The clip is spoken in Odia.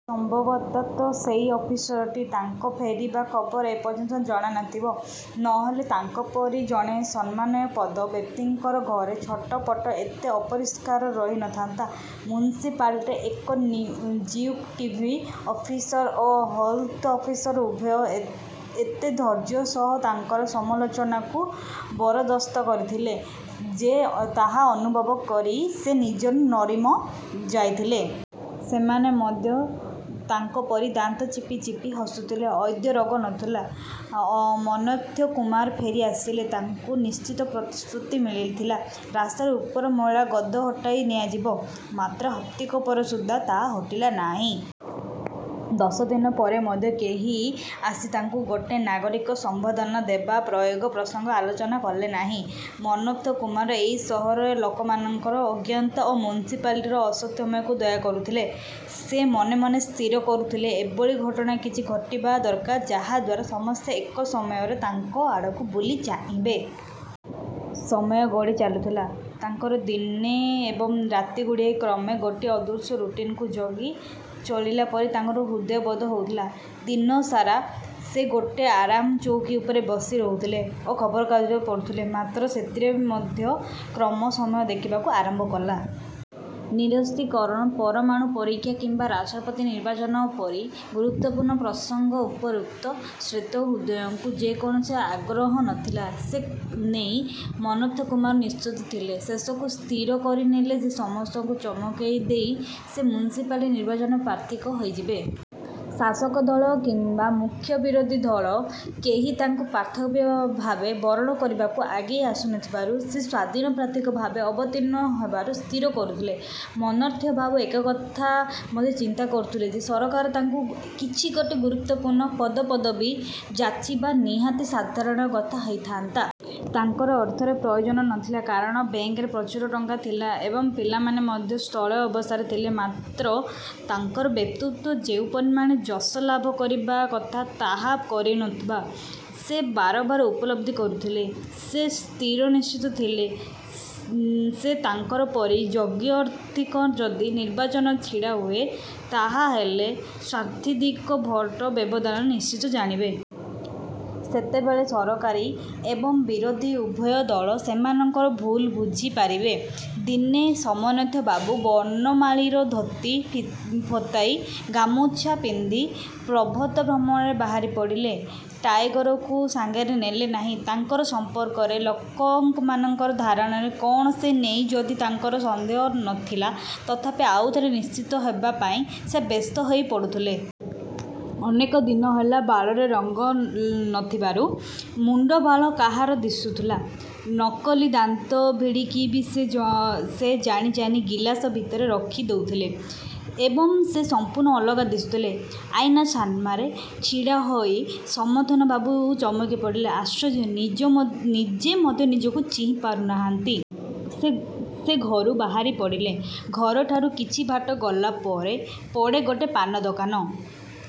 ସମ୍ଭବତଃ ସେଇ ଅଫିସରଟି ତାଙ୍କ ଫେରି ଆସିବାର ଖବର ଏ ପର୍ଯ୍ୟନ୍ତ ଜାଣି ନଥିବ। ନହେଲେ ତାଙ୍କ ପରି ଜଣେ ସମ୍ମାନାସ୍ପଦ ବ୍ୟକ୍ତିଙ୍କ ଘର ପଛପଟ ଏତେ ଅପରିଷ୍କାର ରହି ନଥାନ୍ତା! ମ୍ୟୁନିସିପାଲିଟିର ଏକ୍‌ଜିକ୍ୟୁଟିଭ ଅଫିସର ଓ ହେଲ୍‌ଥ ଅଫିସର ଉଭୟେ ଏତେ ଧୈର୍ଯ୍ୟର ସହ ତାଙ୍କର ସମାଲୋଚନାକୁ ବରଦାସ୍ତ କରିଥିଲେ ଯେ ତାହା ଅନୁଭବ କରି ସେ ନିଜେ ନରମି ଯାଇଥିଲେ। ସେମାନେ ମଧ୍ୟ ତାଙ୍କ ପରି ଦାନ୍ତ ଚିପି ଚିପି ହସୁଥିଲେ ଓ ଆଦୌ ରାଗୁ ନଥିଲେ। ମନ୍ମଥ କୁମାର ଫେରି ଆସିଲେ। ତାଙ୍କୁ ନିଶ୍ଚିତ ପ୍ରତିଶ୍ରୁତି ମିଳିଥିଲା, ରାସ୍ତା ଉପରୁ ମଇଳା ଗଦା ହଟେଇ ନିଆଯିବ। ମାତ୍ର ସପ୍ତାହକ ପରେ ସୁଦ୍ଧା ତାହା ହଟିଲା ନାହିଁ। ଦଶ ଦିନ ପରେ ମଧ୍ୟ କେହି ଆସି ତାଙ୍କୁ ଗୋଟାଏ ନାଗରିକ ସମ୍ବର୍ଦ୍ଧନା ଦେବାର ପ୍ରୟୋଜନ ପ୍ରସଙ୍ଗ ଆଲୋଚନା କଲା ନାହିଁ। ମନ୍ମଥ କୁମାର ଏ ସହରର ଲୋକମାନଙ୍କର ଅଜ୍ଞତା ଏବଂ ମ୍ୟୁନିସିପାଲିଟିର ଅସାମର୍ଥ୍ୟକୁ ଦୟା କରୁଥିଲେ। ସେ ମନେ ମନେ ସ୍ଥିର କରୁଥିଲେ, ଏଭଳି ଗୋଟିଏ ଘଟଣା କିଛି ଘଟିବା ଦରକାର, ଯାହାଦ୍ୱାରା ସମସ୍ତେ ଏକ ସମୟରେ ତାଙ୍କ ଆଡ଼କୁ ବୁଲି ଚାହିଁବେ। ସମୟ ଗଡ଼ି ଚାଲିଥିଲା। ତାଙ୍କର ଦିନ ଏବଂ ରାତିଗୁଡ଼ିକ କ୍ରମେ ଗୋଟାଏ ଅଦୃଶ୍ୟ ରୁଟିନ୍‌କୁ ଜଗି ଚଳିଲା ପରି ତାଙ୍କର ହୃଦବୋଧ ହେଉଥିଲା। ଦିନସାରା ସେ ଗୋଟାଏ ଆରାମ ଚଉକୀ ଉପରେ ବସି ରହୁଥିଲେ ଓ ଖବରକାଗଜ ପଢ଼ୁଥିଲେ। ମାତ୍ର ସେଥିରେ ମଧ୍ୟ କ୍ରମେ ସମସ୍ୟା ଦେଖାଦେବାକୁ ଆରମ୍ଭ କଲା। ନିରସ୍ତ୍ରୀକରଣ, ପରମାଣୁ ପରୀକ୍ଷା କିମ୍ବା ରାଷ୍ଟ୍ରପତି ନିର୍ବାଚନ ପରି ଗୁରୁତ୍ୱପୂର୍ଣ୍ଣ ପ୍ରସଙ୍ଗରେ ଉପରୋକ୍ତ ଶ୍ରୋତା ଦୁହିଁଙ୍କର ଯେ କୌଣସି ଆଗ୍ରହ ନଥିଲା ସେ ନେଇ ମନ୍ମଥ କୁମାର ନିଶ୍ଚିତ ଥିଲେ। ଶେଷକୁ ସ୍ଥିର କରିନେଲେ ଯେ ସମସ୍ତଙ୍କୁ ଚମକେଇ ଦେଇ ସେ ମ୍ୟୁନିସିପାଲିଟି ନିର୍ବାଚନରେ ପ୍ରାର୍ଥୀ ହୋଇଯିବେ। ଶାସକ ଦଳ କିମ୍ବା ମୁଖ୍ୟ ବିରୋଧୀ ଦଳ କେହି ତାଙ୍କୁ ପ୍ରାର୍ଥୀ ଭାବେ ବରଣ କରିବାକୁ ଆଗେଇ ଆସୁ ନଥିବାରୁ ସେ ସ୍ୱାଧୀନ ପ୍ରାର୍ଥୀ ଭାବେ ଅବତୀର୍ଣ୍ଣ ହେବାକୁ ସ୍ଥିର କରୁଥିଲେ। ମନ୍ମଥ ବାବୁ ଏକଥା ମଧ୍ୟ ଚିନ୍ତା କରୁଥିଲେ ଯେ, ସରକାର ତାଙ୍କୁ କିଛି ଗୋଟାଏ ଗୁରୁତ୍ୱପୂର୍ଣ୍ଣ ପଦପଦବି ଯାଚିବା ନିହାତି ସାଧାରଣ କଥା ହୋଇଥାନ୍ତା। ତାଙ୍କର ଅର୍ଥରେ ପ୍ରୟୋଜନ ନଥିଲା, କାରଣ ବ୍ୟାଙ୍କରେ ପ୍ରଚୁର ଟଙ୍କା ଥିଲା ଏବଂ ପିଲାମାନେ ମଧ୍ୟ ସ୍ୱଚ୍ଛଳ ଅବସ୍ଥାରେ ଥିଲେ। ମାତ୍ର, ତାଙ୍କର ବ୍ୟକ୍ତିତ୍ୱ ଯୋଉ ପରିମାଣରେ ଯଶ ଲାଭ କରିବା କଥା ତାହା ପାଇନଥିବା ସେ ବରାବର ଉପଲବ୍ଧି କରୁଥିଲେ। ସେ ସ୍ଥିରନିଶ୍ଚିତ ଥିଲେ ଯେ ତାଙ୍କ ପରି ଯୋଗ୍ୟ ପ୍ରାର୍ଥୀ ଯଦି ନିର୍ବାଚନରେ ଛିଡ଼ା ହୁଏ, ତାହାହେଲେ ସହସ୍ରାଧିକ ଭୋଟ ବ୍ୟବଧାନରେ ନିଶ୍ଚିତ ଜିଣିବେ। ସେତେବେଳେ ସରକାରୀ ଏବଂ ବିରୋଧୀ ଉଭୟ ଦଳ ସେମାନଙ୍କର ଭୁଲ ବୁଝି ପାରିବେ। ଦିନେ ମନ୍ମଥବାବୁ ବନମାଳୀର ଧୋତି, ଫତେଇ ଓ ଗାମୁଛା ପିନ୍ଧି ପ୍ରାତଃଭ୍ରମଣରେ ବାହାରିପଡ଼ିଲେ। ଟାଇଗରକୁ ସାଙ୍ଗରେ ନେଲେ ନାହିଁ। ତାଙ୍କ ସଂପର୍କରେ ଲୋକମାନଙ୍କ ଧାରଣା କଣ ସେ ନେଇ ଯଦିଓ ତାଙ୍କର ସନ୍ଦେହ ନ ଥିଲା ତଥାପି ଆଉଥରେ ନିଶ୍ଚିତ ହେବା ପାଇଁ ସେ ବ୍ୟସ୍ତ ହୋଇପଡ଼ୁଥିଲେ। ଅନେକ ଦିନ ହେଲା ବାଳରେ ରଙ୍ଗ ଲାଗି ନଥିବାରୁ ମୁଣ୍ଡବାଳ କହରା ଦିଶୁଥିଲା। ନକଲି ଦାନ୍ତ ଭାଡ଼ିକ ବି ସେ ଜାଣି ଜାଣି ଗିଲାସ ଭିତରେ ରଖି ଦେଇଥିଲେ। ଏବେ ସେ ସଂପୂର୍ଣ୍ଣ ଅଲଗା ଦିଶୁଥିଲେ। ଆଇନା ସାମ୍ନାରେ ଛିଡ଼ାହୋଇ ମନ୍ମଥବାବୁ ଚମକିପଡ଼ିଲେ। ଆଶ୍ଚର୍ଯ୍ୟ, ନିଜେ ମଧ୍ୟ ନିଜକୁ ଚିହ୍ନି ପାରୁନାହାନ୍ତି! ସେ ଘରୁ ବାହାରି ପଡ଼ିଲେ। ଘରଠାରୁ କିଛିବାଟ ଗଲା ପରେ ପଡ଼େ ଗୋଟେ ପାନ ଦୋକାନ।